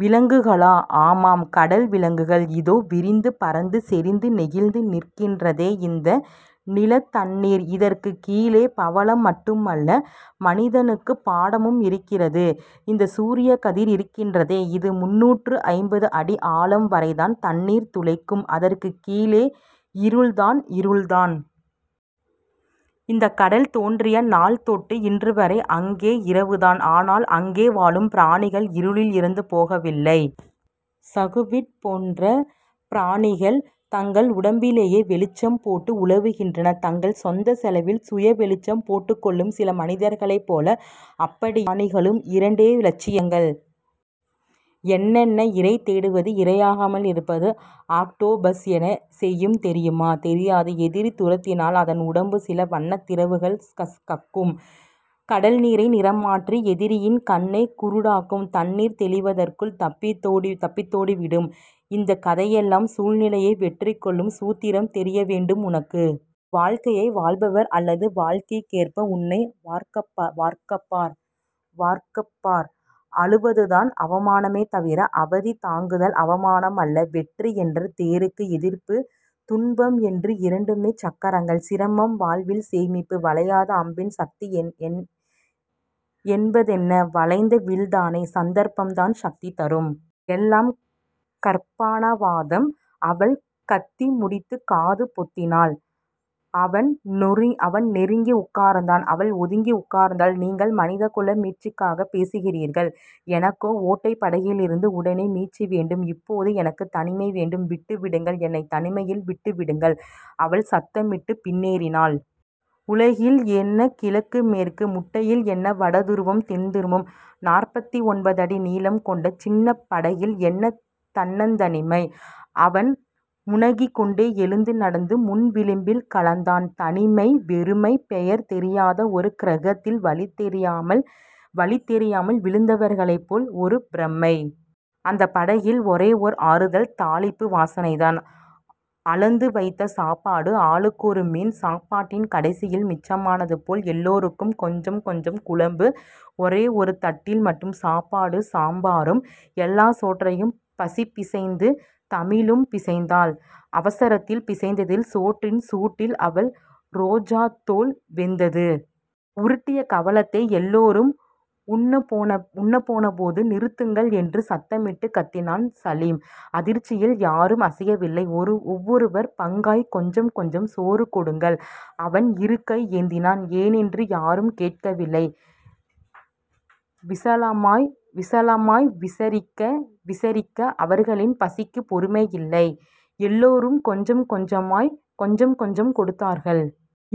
விலங்குகளா? ஆமாம். கடல் விலங்குகள். இதோ, விரிந்து பரந்து செறிந்து நெகிழ்ந்து நிற்கிறதே இந்த நீலத்தண்ணீர்... இதற்குக் கீழே பவளம் மட்டுமல்ல. மனிதனுக்குப் பாடமும் இருக்கிறது. இந்தச் சூரியக்கதிர் இருக்கிறதே, இது முந்நூற்று ஐம்பது அடி ஆழம் வரைதான் தண்ணீர்துளைக்கும். அதற்குக் கீழே இருள்தான். இருள்தான். இந்தக் கடல் தோன்றிய நாள்தொட்டு இன்றுவரை அங்கே இரவுதான். ஆனால், அங்கே வாழும் பிராணிகள் இருளில் இறந்து போகவில்லை. ஸகுவிட்போன்ற பிராணிகள், தங்கள் உடம்பிலேயே வெளிச்சம் போட்டு உலவுகின்றன தங்கள் சொந்தச் செலவில் சுயவெளிச்சம் போட்டுக்கொள்ளும் சில மனிதர்களைப்போல. அப்படியா? ஆமாம். எல்லாப் பிராணிகளுக்கும் இரண்டே லட்சியங்கள். என்னென்ன? இரை தேடுவது. இரையாகாமல் இருப்பது. ஆக்டோ பஸ என்ன செய்யும் தெரியுமா? தெரியாது. எதிரி துரத்தினால் அதன் உடம்பு சில வண்ணத் திரவங்கள் கக்கும். கடல் நீரை நிறம்மாற்றி எதிரியின் கண்ணைக் குருடாக்கும். தண்ணீர் தெளிவதற்குள் தப்பித்தோடிவிடும். இந்தக் கதையெல்லாம் சூழ்நிலையை வெற்றி கொள்ளும் சூத்திரம் தெரிய வேண்டும் உனக்கு. வாழ்க்கையை வாழ்பவர். அல்லது வாழ்க்கைக்கேற்ப உன்னை வார்க்கப்பார். அழுவதுதான் அவமானமே தவிர அவதி தாங்குதல் அவமானம் அல்ல. வெற்றி என்ற தேருக்கு எதிர்ப்பு, துன்பம் என்று இரண்டே சக்கரங்கள். சிரமம் வாழ்வின் சேமிப்பு. வளையாத அம்பின் சக்தி என்பதென்ன? வளைந்த வில்தானே. சந்தர்ப்பம்தான் சக்தி தருகிறது. எல்லாம் கற்பனாவாதம். அவள் கத்திமுடித்துக் காது பொத்தினாள். அவன் நெருங்கி உட்கார்ந்தான். அவள் ஒதுங்கி உட்கார்ந்தாள். நீங்கள் மனிதகுல மீட்சிக்காகப் பேசுகிறீர்கள். எனக்கோ ஓட்டைப் படகிலிருந்து உடனே மீட்சி வேண்டும். இப்போது எனக்குத் தனிமை வேண்டும். விட்டுவிடுங்கள். என்னைத் தனிமையில் விட்டுவிடுங்கள். அவள் சத்தமிட்டுப் பின்னேறினாள். உழக்கில் என்ன கிழக்கு மேற்கு? முட்டையில் என்ன வட துருவம் தென் துருவம்? நாற்பத்தொன்பதடி நீளம் கொண்ட சின்னப் படகில் என்ன தன்னந்தனிமை? அவன் முனகிக்கொண்டே எழுந்து நடந்து முன்விளிம்பில் கலந்தான். தனிமை. வெறுமை. பெயர் தெரியாத ஒரு கிரகத்தில் வழிதெரியாமல் விழுந்தவர்களைப்போல் ஒரு பிரமை. அந்தப் படகின் ஒரே ஓர் ஆறுதல் தாளிப்பு வாசனைதான். அளந்து வைத்த சாப்பாடு. ஆளுக்கொரு மீன். சாப்பாட்டின் கடைசியில் மிச்சமானது போல் எல்லோருக்கும் கொஞ்சம் கொஞ்சம் குழம்பு. ஒரே ஒரு தட்டில் மட்டும் சாப்பாடும் சாம்பாரும். எல்லாச் சோற்றையும் பசிபிசைந்தது. தமிழும் பிசைந்தாள். அவசரத்தில் பிசைந்ததில் சோற்றின் சூட்டில் அவள் ரோஜாத்தோல் வெந்தது. உருட்டிய கவளத்தை எல்லோரும் உண்ணப்போனபோது நிறுத்துங்கள் என்று சத்தமிட்டுக் கத்தினான் சலீம். அதிர்ச்சியில் யாரும் அசையவில்லை. ஒவ்வொருவர் பங்காய்க் கொஞ்சம் கொஞ்சம் சோறு கொடுங்கள். அவன் இரு கை ஏந்தினான். ஏனென்று யாரும் கேட்கவில்லை. விசாலமாய் விசாரிக்க அவர்களின் பசிக்குப் பொறுமை இல்லை. எல்லோரும் கொஞ்சம் கொஞ்சம் கொடுத்தார்கள்.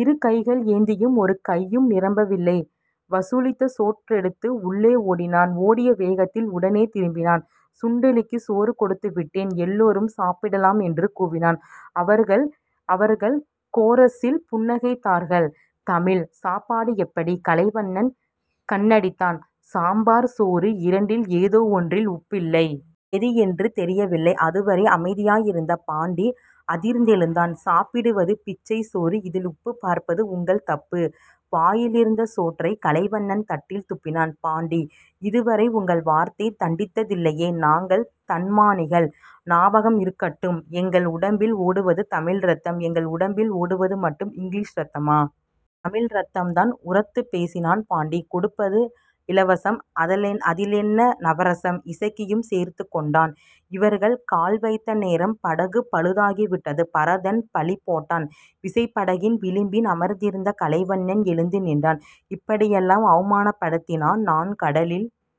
இரு கைகள் ஏந்தியும் ஒரு। கையும் நிரம்பவில்லை. வசூலித்த சோறெடுத்து உள்ளே ஓடினான். ஓடிய வேகத்தில் உடனே திரும்பினான். சுண்டெலிக்குச் சோறு கொடுத்துவிட்டேன். எல்லோரும் சாப்பிடலாம் என்று கூவினான். அவர்கள் கோரஸில் புன்னகைத்தார்கள். தமிழ். சாப்பாடு எப்படி? கலைவண்ணன் கண்ணடித்தான். சாம்பார் சோறு இரண்டில் ஏதோ ஒன்றில் உப்பில்லை. எது என்று தெரியவில்லை. அதுவரை அமைதியாயிருந்த பாண்டி அதிர்ந்தெழுந்தான். சாப்பிடுவது பிச்சைச் சோறு. இதில் உப்புப் பார்ப்பது உங்கள் தப்பு. வாயிலிருந்த சோற்றைக் கலைவண்ணன் தட்டில் துப்பினான். பாண்டி. இதுவரை உங்கள் வார்த்தை தடித்ததில்லையே. நாங்கள் தன்மானிகள். ஞாபகமிருக்கட்டும். எங்கள் உடம்பில் ஓடுவது தமிழ்ரத்தம். எங்கள் உடம்பில் ஓடுவது மட்டும் இங்கிலீஷ ரத்தமா? தமிழ்ரத்தம்தான். உரத்துப்பேசினான் பாண்டி. கொடுப்பது இலவசம். அதிலென்ன நவரசம்? இசக்கியும் சேர்ந்து கொண்டான். இவர்கள் கால்வைத்த நேரம் படகு பழுதாகிவிட்டது. பரதன் பழிபோட்டான். விசைப்படகின் விளிம்பில் அமர்ந்திருந்த கலைவண்ணன் எழுந்து நின்றான். இப்படியெல்லாம் அவமானப்படுத்தினால் நான் கடலில்